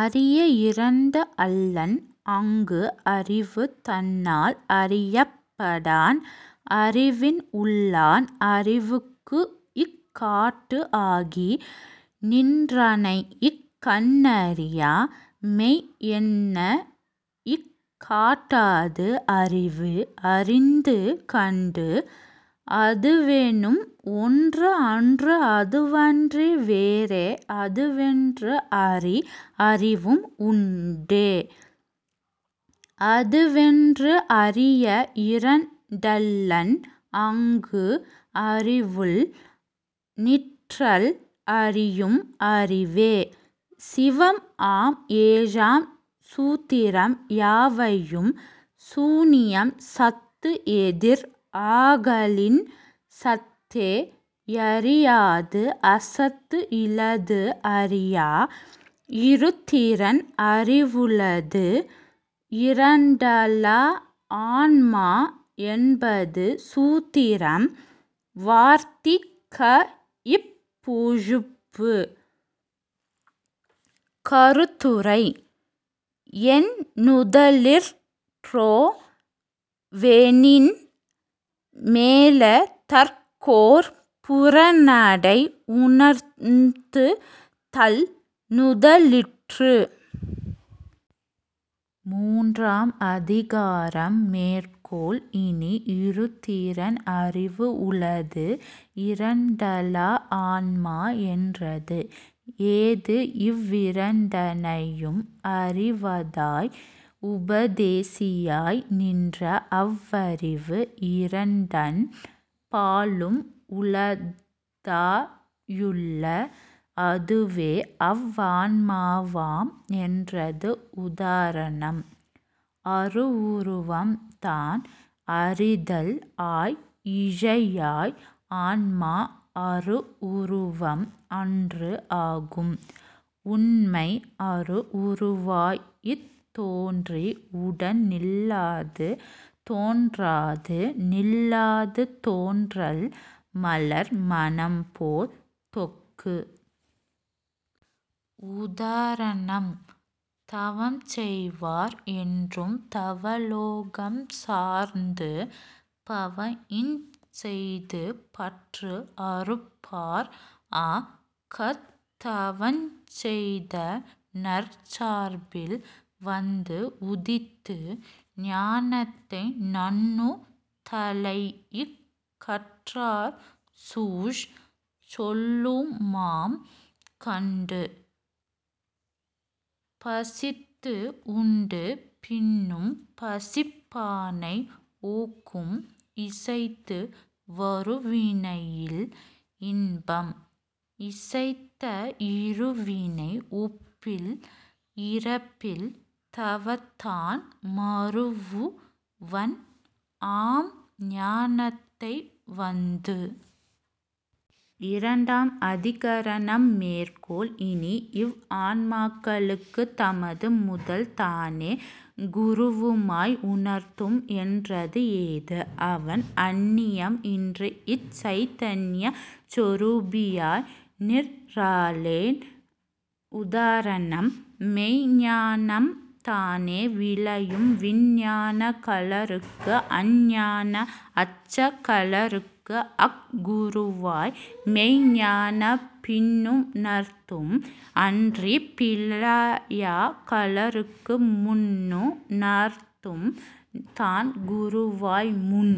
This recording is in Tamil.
அறிய இரண்டு அல்லன், அங்கு அறிவு தன்னால் அறியப் படான், அறிவின் உள்ளான் -- அறிவுக்குக் காட்டு ஆகி நின்றானைக் கண்ணறியா மெய்யென்னக் காட்டாது அறிவு அறிந்து கண்டு. அதுவெனும் ஒன்றுஅன்று அதுவன்றி வேறே அதுவென்று அறி அறிவும் உண்டே--- அதுவென்று அறிய இரண்டல்லன் அங்கு அறிவுள் நிற்றல் அறியும் அறிவே சிவம் ஆம் ஏழாம் சூத்திரம் யாவையும் சூனியம் சத்துஎதிர் ஆகலின் சத்தே யறியாது அசத்துஇலது அறியா இருதிறன் அறிவுளது இரண்டலா ஆன்மா என்பது சூத்திரம் வார்த்திகப் பொழிப்பு: கருத்துரை: என் நுதலிற்றோ வெனின், மேலதற்கோர் புறனடை உணர்த்துதல் நுதலிற்று. மூன்றாம் அதிகரணம் மேற்கோள்: இனி, இருதிறன் அறிவு உளது இரண்டலா ஆன்மா என்றது. ஏது: இவ்விரண்டனையும் அறிவதாய் உபதேசியாய் நின்ற அவ்வறிவு இரண்டன் பாலும் உளதாயுள்ள அதுவேஅவ் ஆன்மாவாம் என்றது உதாரணம்: அரு உருவம் தான் அறிதல் ஆய் இழையாய் ஆன்மா அரு உருவம் அன்று ஆகும் உண்மை-- அரு உருவாய்த் தோன்றி உடன் நில்லாது தோன்றாது நில்லாது தோன்றல் மலர்மணம்போல் தொக்கு. உதாரணம்: தவம்செய்வார் என்றும் தவலோகம் சார்ந்து பவஞ் செய்து பற்று அறுப்பார் ஆகத் -- தவஞ் செய்த நற்சார்பில் வந்து உதித்து ஞானத்தை நண்ணுதலைக் கற்றார்சூழ் சொல்லுமாம் கண்டு. பசித்து உண்டு பின்னும் பசிப்பானை ஒக்கும் இசைத்து வருவினையில் இன்பம் -- இசைத்த இருவினை ஒப்பில் இறப்பில் தவத்தான் மருவுவன் ஆம் ஞானத்தை வந்து.. இரண்டாம் அதிகரணம். மேற்கோள்: இனி, இவ் ஆன்மாக்களுக்கு தமதுமுதல் தானே குருவுமாய் உணர்த்தும் என்றது. ஏது: அவன் அன்னியம் இன்றிச் சைதன்னிய சொரூபியாய் நிற்றலான். உதாரணம்: மெய்ஞ்ஞானம் தானே விளையும் விஞ்ஞானகலர்க்கு அஞ்ஞான அச்சகலர்க்கு அக்குருவாய் -- மெய்ஞ்ஞானம் பின்னுணர்த்தும் அன்றிப் பிரளயா கலருக்கு முன்னுணர்த்தும் தான் குருவாய் முன்.